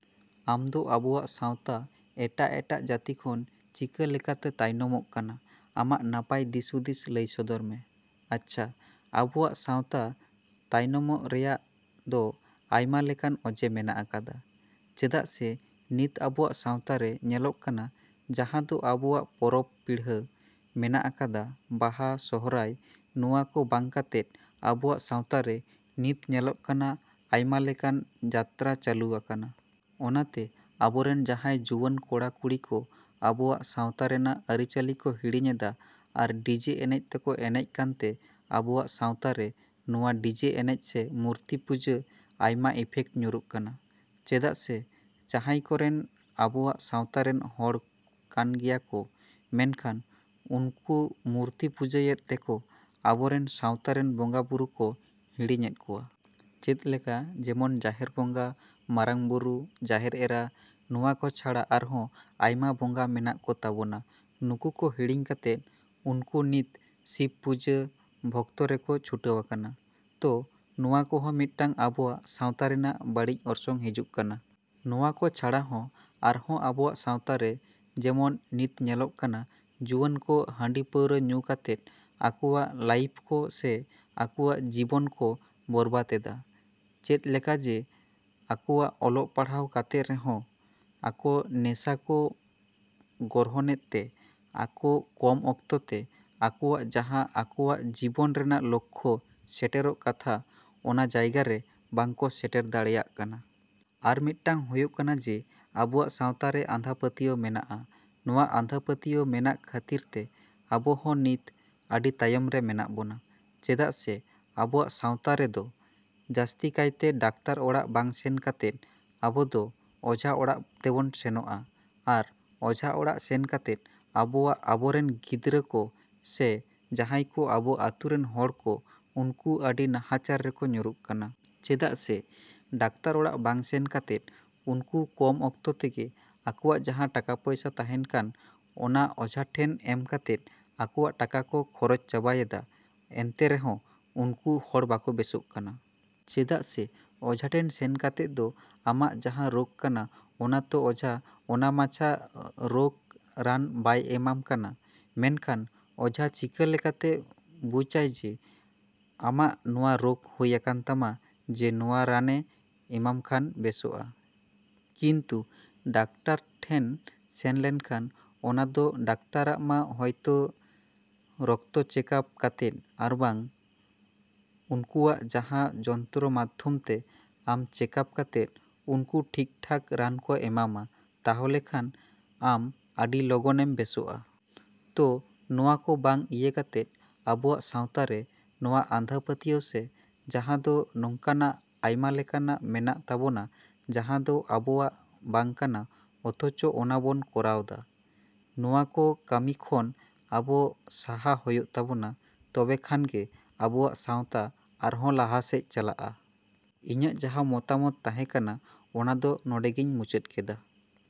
ᱟᱢᱫᱚ ᱟᱵᱚᱣᱟᱜ ᱥᱟᱶᱛᱟ ᱮᱴᱟᱜ ᱮᱴᱟᱜ ᱡᱟᱹᱛᱤ ᱠᱷᱚᱱ ᱪᱤᱠᱟᱹ ᱞᱮᱠᱟᱛᱮ ᱛᱟᱭᱱᱚᱢᱚᱜ ᱠᱟᱱᱟ? ᱟᱢᱟᱜ ᱱᱟᱯᱟᱭ ᱫᱤᱥᱦᱩᱫᱤᱥ ᱞᱟᱹᱭ ᱥᱚᱫᱚᱨ ᱢᱮ᱾ ᱟᱪᱪᱷᱟ, ᱟᱵᱚᱣᱟᱜ ᱥᱟᱶᱛᱟ ᱛᱟᱭᱚᱢᱚᱜ ᱨᱮᱭᱟᱜ ᱫᱚ ᱟᱭᱢᱟ ᱞᱮᱠᱟᱱ ᱚᱡᱮ ᱢᱮᱱᱟᱜ ᱟᱠᱟᱫᱟ᱾ ᱪᱮᱫᱟᱜ ᱥᱮ ᱱᱤᱛ ᱟᱵᱚᱣᱟᱜ ᱥᱟᱶᱛᱟᱨᱮ ᱧᱮᱞᱚᱜ ᱠᱟᱱᱟ ᱡᱟᱦᱟᱸ ᱫᱚ ᱟᱵᱚᱣᱟᱜ ᱯᱚᱨᱚᱵᱽ ᱯᱤᱲᱦᱟᱹ ᱢᱮᱱᱟᱜ ᱟᱠᱟᱫᱟ, ᱵᱟᱦᱟ, ᱥᱚᱦᱚᱨᱟᱭ, ᱱᱚᱣᱟ ᱠᱚ ᱵᱟᱝ ᱠᱟᱛᱮᱫ ᱟᱵᱚᱣᱟᱜ ᱥᱟᱶᱛᱟᱨᱮ ᱱᱤᱛ ᱧᱮᱞᱚᱜ ᱠᱟᱱᱟ ᱟᱭᱢᱟ ᱞᱮᱠᱟᱱ ᱡᱟᱛᱨᱟ ᱪᱟᱹᱞᱩᱣ ᱟᱠᱟᱱᱟ᱾ ᱚᱱᱟᱛᱮ ᱟᱵᱚᱨᱮᱱ ᱡᱟᱦᱟᱸᱭ ᱡᱩᱣᱟᱹᱱ ᱠᱚᱲᱟ ᱠᱩᱲᱤ ᱠᱚ ᱟᱵᱚᱣᱟᱜ ᱥᱟᱶᱛᱟ ᱨᱮᱱᱟᱜ ᱟᱹᱨᱤᱪᱟᱞᱤ ᱠᱚ ᱦᱤᱲᱤᱧᱮᱫᱟ ᱟᱨ ᱰᱤᱡᱮ ᱮᱱᱮᱡ ᱛᱮᱠᱚ ᱮᱱᱮᱡ ᱠᱟᱱᱛᱮ ᱟᱵᱚᱣᱟᱜ ᱥᱟᱶᱛᱟᱨᱮ ᱱᱚᱣᱟ ᱰᱤᱡᱮ ᱮᱱᱮᱡ ᱥᱮ ᱢᱩᱨᱛᱤᱯᱩᱡᱟ ᱟᱭᱢᱟ ᱤᱯᱷᱮᱠᱴ ᱧᱩᱨᱩᱜ ᱠᱟᱱᱟ᱾ ᱪᱮᱫᱟᱜ ᱥᱮ ᱡᱟᱦᱟᱭ ᱠᱚᱨᱮᱱ ᱟᱵᱚᱣᱟᱜ ᱥᱟᱶᱛᱟᱨᱮᱱ ᱦᱚᱲ ᱠᱟᱱᱜᱮᱭᱟ ᱠᱚ, ᱢᱮᱱᱠᱷᱟᱱ ᱩᱱᱠᱩ ᱢᱩᱨᱛᱤ ᱯᱩᱡᱟᱹᱭᱮᱫ ᱛᱮᱠᱚ ᱟᱵᱚᱨᱮᱱ ᱥᱟᱶᱛᱟᱨᱮᱱ ᱵᱚᱸᱜᱟ ᱵᱩᱨᱩ ᱠᱚ ᱦᱤᱲᱤᱧᱮᱫ ᱠᱚᱣᱟ᱾ ᱪᱮᱫ ᱞᱮᱠᱟ ᱡᱮᱢᱚᱱ ᱡᱟᱦᱮᱨ ᱵᱚᱸᱜᱟ, ᱢᱟᱨᱟᱝ ᱵᱩᱨᱩ, ᱡᱟᱦᱮᱨ ᱮᱨᱟ, ᱱᱚᱣᱟ ᱠᱚ ᱪᱷᱟᱲᱟ ᱟᱨᱦᱚᱸ ᱟᱭᱢᱟ ᱵᱚᱸᱜᱟ ᱢᱮᱱᱟᱜ ᱠᱚ ᱛᱟᱵᱚᱱᱟ᱾ ᱱᱩᱠᱩ ᱠᱚ ᱦᱤᱲᱤᱧ ᱠᱟᱛᱮᱫ ᱩᱱᱠᱩ ᱱᱤᱛ ᱥᱤᱵ ᱯᱩᱡᱟᱹ ᱵᱷᱚᱠᱛᱚ ᱨᱮᱠᱚ ᱪᱷᱩᱴᱟᱹᱣ ᱟᱠᱟᱱᱟ᱾ ᱛᱚ ᱱᱚᱣᱟ ᱠᱚᱦᱚᱸ ᱢᱤᱫᱴᱟᱝ ᱟᱵᱚᱣᱟᱜ ᱥᱟᱶᱛᱟ ᱨᱮᱱᱟᱜ ᱵᱟᱹᱲᱤᱡ ᱚᱨᱥᱚᱝ ᱦᱤᱡᱩᱜ ᱠᱟᱱᱟ᱾ ᱱᱚᱣᱟ ᱠᱚ ᱪᱷᱟᱲᱟ ᱦᱚᱸ ᱟᱨᱦᱚᱸ ᱟᱵᱚᱣᱟᱜ ᱥᱟᱶᱛᱟᱨᱮ ᱡᱮᱢᱚᱱ ᱱᱤᱛ ᱧᱮᱞᱚᱜ ᱠᱟᱱᱟ ᱡᱩᱣᱟᱹᱱ ᱠᱚ ᱦᱟᱺᱰᱤ ᱯᱟᱹᱣᱨᱟᱹ ᱧᱩ ᱠᱟᱛᱮᱫ ᱟᱠᱚᱣᱟᱜ ᱞᱟᱭᱤᱯᱷ ᱠᱚ ᱥᱮ ᱟᱠᱚᱣᱟᱜ ᱡᱤᱵᱚᱱ ᱠᱚ ᱵᱚᱨᱵᱟᱫᱽ ᱮᱫᱟ᱾ ᱪᱮᱫ ᱞᱮᱠᱟ ᱡᱮ ᱟᱠᱚᱣᱟᱜ ᱚᱞᱚᱜ ᱯᱟᱲᱦᱟᱣ ᱠᱟᱛᱮᱫ ᱨᱮᱦᱚᱸ ᱟᱠᱚ ᱱᱤᱥᱟᱹ ᱠᱚ ᱜᱨᱚᱦᱚᱱᱮᱫ ᱛᱮ ᱟᱠᱚ ᱠᱚᱢ ᱚᱠᱛᱚᱛᱮ ᱟᱠᱚᱣᱟᱜ ᱡᱟᱦᱟᱸ ᱟᱠᱚᱣᱟᱜ ᱡᱤᱵᱚᱱ ᱨᱮᱱᱟᱜ ᱞᱚᱠᱠᱷᱚ ᱥᱮᱴᱮᱨᱚᱜ ᱠᱟᱛᱷᱟ ᱚᱱᱟ ᱡᱟᱭᱜᱟ ᱨᱮ ᱵᱟᱝ ᱠᱚ ᱥᱮᱴᱮᱨ ᱫᱟᱲᱮᱭᱟᱜ ᱠᱟᱱᱟ᱾ ᱟᱨ ᱢᱤᱫᱴᱟᱝ ᱦᱩᱭᱩᱜ ᱠᱟᱱᱟ ᱡᱮ ᱟᱵᱚᱣᱟᱜ ᱥᱟᱶᱛᱟᱨᱮ ᱟᱸᱫᱷᱟᱯᱟᱹᱛᱭᱟᱹᱣ ᱢᱮᱱᱟᱜ-ᱟ᱾ ᱱᱚᱣᱟ ᱟᱸᱫᱷᱟᱯᱟᱹᱛᱭᱟᱹᱣ ᱢᱮᱱᱟᱜ ᱠᱷᱟᱹᱛᱤᱨᱛᱮ ᱟᱵᱚ ᱦᱚᱸ ᱱᱤᱛ ᱟᱹᱰᱤ ᱛᱟᱭᱚᱢ ᱨᱮ ᱢᱮᱱᱟᱜ ᱵᱚᱱᱟ᱾ ᱪᱮᱫᱟᱜ ᱥᱮ ᱟᱵᱚᱣᱟᱜ ᱥᱟᱶᱛᱟᱨᱮ ᱫᱚ ᱡᱟᱥᱛᱤ ᱠᱟᱭᱛᱮ ᱰᱟᱠᱛᱟᱨ ᱚᱲᱟᱜ ᱵᱟᱝ ᱥᱮᱱ ᱠᱟᱛᱮᱫ ᱟᱵᱚ ᱫᱚ ᱚᱡᱷᱟ ᱚᱲᱟᱜ ᱛᱮᱵᱚᱱ ᱥᱮᱱᱚᱜ-ᱟ ᱟᱨ ᱚᱡᱷᱟ ᱚᱲᱟᱜ ᱥᱮᱱ ᱠᱟᱛᱮᱫ ᱟᱵᱚᱣᱟᱜ ᱟᱵᱚᱨᱮᱱ ᱜᱤᱫᱽᱨᱟᱹ ᱠᱚ ᱥᱮ ᱡᱟᱦᱟᱭ ᱠᱚ ᱟᱵᱚ ᱟᱹᱛᱩ ᱨᱮᱱ ᱦᱚᱲ ᱠᱚ ᱩᱱᱠᱩ ᱟᱹᱰᱤ ᱱᱟᱦᱟᱪᱟᱨ ᱨᱮᱠᱚ ᱧᱩᱨᱩᱜ ᱠᱟᱱᱟ᱾ ᱪᱮᱫᱟᱜ ᱥᱮ ᱰᱟᱠᱛᱟᱨ ᱚᱲᱟᱜ ᱵᱟᱝ ᱥᱮᱱ ᱠᱟᱛᱮᱫ ᱩᱱᱠᱩ ᱠᱚᱢ ᱚᱠᱛᱚ ᱛᱮᱜᱮ ᱟᱠᱚᱣᱟᱜ ᱡᱟᱦᱟᱸ ᱴᱟᱠᱟ ᱯᱚᱭᱥᱟ ᱛᱟᱦᱮᱱ ᱠᱟᱱ ᱚᱱᱟ ᱚᱡᱷᱟ ᱴᱷᱮᱱ ᱮᱢ ᱠᱟᱛᱮᱫ ᱟᱠᱚᱣᱟᱜ ᱴᱟᱠᱟ ᱠᱚ ᱠᱷᱚᱨᱚᱪ ᱪᱟᱵᱟᱭᱫᱟ ᱮᱱᱛᱮ ᱨᱮᱦᱚᱸ ᱩᱱᱠᱩ ᱦᱚᱲ ᱵᱟᱠᱚ ᱵᱮᱥᱳᱜ ᱠᱟᱱᱟ᱾ ᱪᱮᱫᱟᱜ ᱥᱮ ᱚᱡᱷᱟᱴᱷᱮᱱ ᱥᱮᱱ ᱠᱟᱛᱮᱫ ᱫᱚ ᱟᱢᱟᱜ ᱡᱟᱦᱟᱸ ᱨᱳᱜᱽ ᱠᱟᱱᱟ ᱚᱱᱟᱛᱚ ᱚᱡᱷᱟ ᱚᱱᱟ ᱢᱟᱪᱷᱟ ᱨᱳᱜᱽ ᱵᱟᱝ ᱨᱟᱱ ᱵᱟᱭ ᱮᱢᱟᱢ ᱠᱟᱱᱟ᱾ ᱢᱮᱱᱠᱷᱟᱱ ᱚᱡᱷᱟ ᱪᱤᱠᱟᱹ ᱞᱮᱠᱟᱛᱮ ᱵᱩᱡᱟᱭ ᱡᱮ ᱟᱢᱟᱜ ᱱᱚᱣᱟ ᱨᱳᱜᱽ ᱦᱩᱭ ᱠᱟᱱᱛᱟᱢᱟ ᱡᱮ ᱱᱚᱣᱟ ᱨᱟᱱᱮ ᱮᱢᱟᱢ ᱠᱷᱟᱱ ᱵᱮᱥᱚᱜ-ᱟ᱾ ᱠᱤᱱᱛᱩ ᱰᱟᱠᱛᱟᱨ ᱴᱷᱮᱱ ᱥᱮᱱ ᱞᱮᱱᱠᱷᱟᱱ ᱚᱱᱟ ᱫᱚ ᱰᱟᱠᱛᱟᱨᱟᱜ ᱢᱟ ᱦᱚᱭᱛᱚ ᱨᱚᱠᱛᱚ ᱪᱮᱠᱟᱯ ᱠᱟᱛᱮᱫ ᱟᱨᱵᱟᱝ ᱩᱱᱠᱩᱣᱟᱜ ᱡᱟᱦᱟᱸ ᱡᱚᱱᱛᱨᱚ ᱢᱟᱫᱫᱷᱚᱢ ᱛᱮ ᱟᱢ ᱪᱮᱠᱟᱯ ᱠᱟᱛᱮᱫ ᱩᱱᱠᱩ ᱴᱷᱤᱠ ᱴᱷᱟᱠ ᱨᱟᱱ ᱠᱚ ᱮᱢᱟᱢᱟ᱾ ᱛᱟᱦᱞᱮ ᱠᱷᱟᱱ ᱟᱢ ᱟᱹᱰᱤ ᱞᱚᱜᱚᱱᱮᱢ ᱵᱮᱥᱚᱜ-ᱟ᱾ ᱛᱚ ᱱᱚᱣᱟ ᱠᱚ ᱵᱟᱝ ᱤᱭᱟᱹ ᱠᱟᱛᱮᱫ ᱟᱵᱚᱣᱟᱜ ᱥᱟᱶᱛᱟᱨᱮ ᱱᱚᱣᱟ ᱟᱸᱫᱷᱟ ᱯᱟᱹᱛᱭᱟᱹᱣ ᱥᱮ ᱡᱟᱦᱟᱸ ᱫᱚ ᱱᱚᱠᱟᱱᱟᱜ ᱟᱭᱢᱟ ᱞᱮᱠᱟᱱᱟᱜ ᱢᱮᱱᱟᱜ ᱛᱟᱵᱚᱱᱟ ᱡᱟᱦᱟᱸ ᱫᱚ ᱟᱵᱚᱣᱟᱜ ᱵᱟᱝ ᱠᱟᱱᱟ ᱚᱛᱷᱚᱪᱚ ᱚᱱᱟ ᱵᱚᱱ ᱠᱚᱨᱟᱣ ᱫᱟ᱾ ᱱᱚᱣᱟ ᱠᱚ ᱠᱟᱢᱤ ᱠᱷᱚᱱ ᱟᱵᱚ ᱥᱟᱦᱟ ᱦᱩᱭᱩᱜ ᱛᱟᱵᱚᱱᱟ ᱛᱚᱵᱮ ᱠᱷᱟᱱ ᱜᱮ ᱟᱵᱚᱣᱟᱜ ᱥᱟᱶᱛᱟ ᱟᱨᱦᱚᱸ ᱞᱟᱦᱟᱥᱮᱡ ᱪᱟᱞᱟᱜ-ᱟ᱾ ᱤᱧᱟᱜ ᱡᱟᱦᱟᱸ ᱢᱚᱛᱟᱢᱚᱛ ᱛᱟᱦᱮ ᱠᱟᱱᱟ ᱚᱱᱟ ᱫᱚ ᱱᱚᱰᱮᱜᱮᱧ ᱢᱩᱪᱟᱹᱫ ᱠᱮᱫᱟ᱾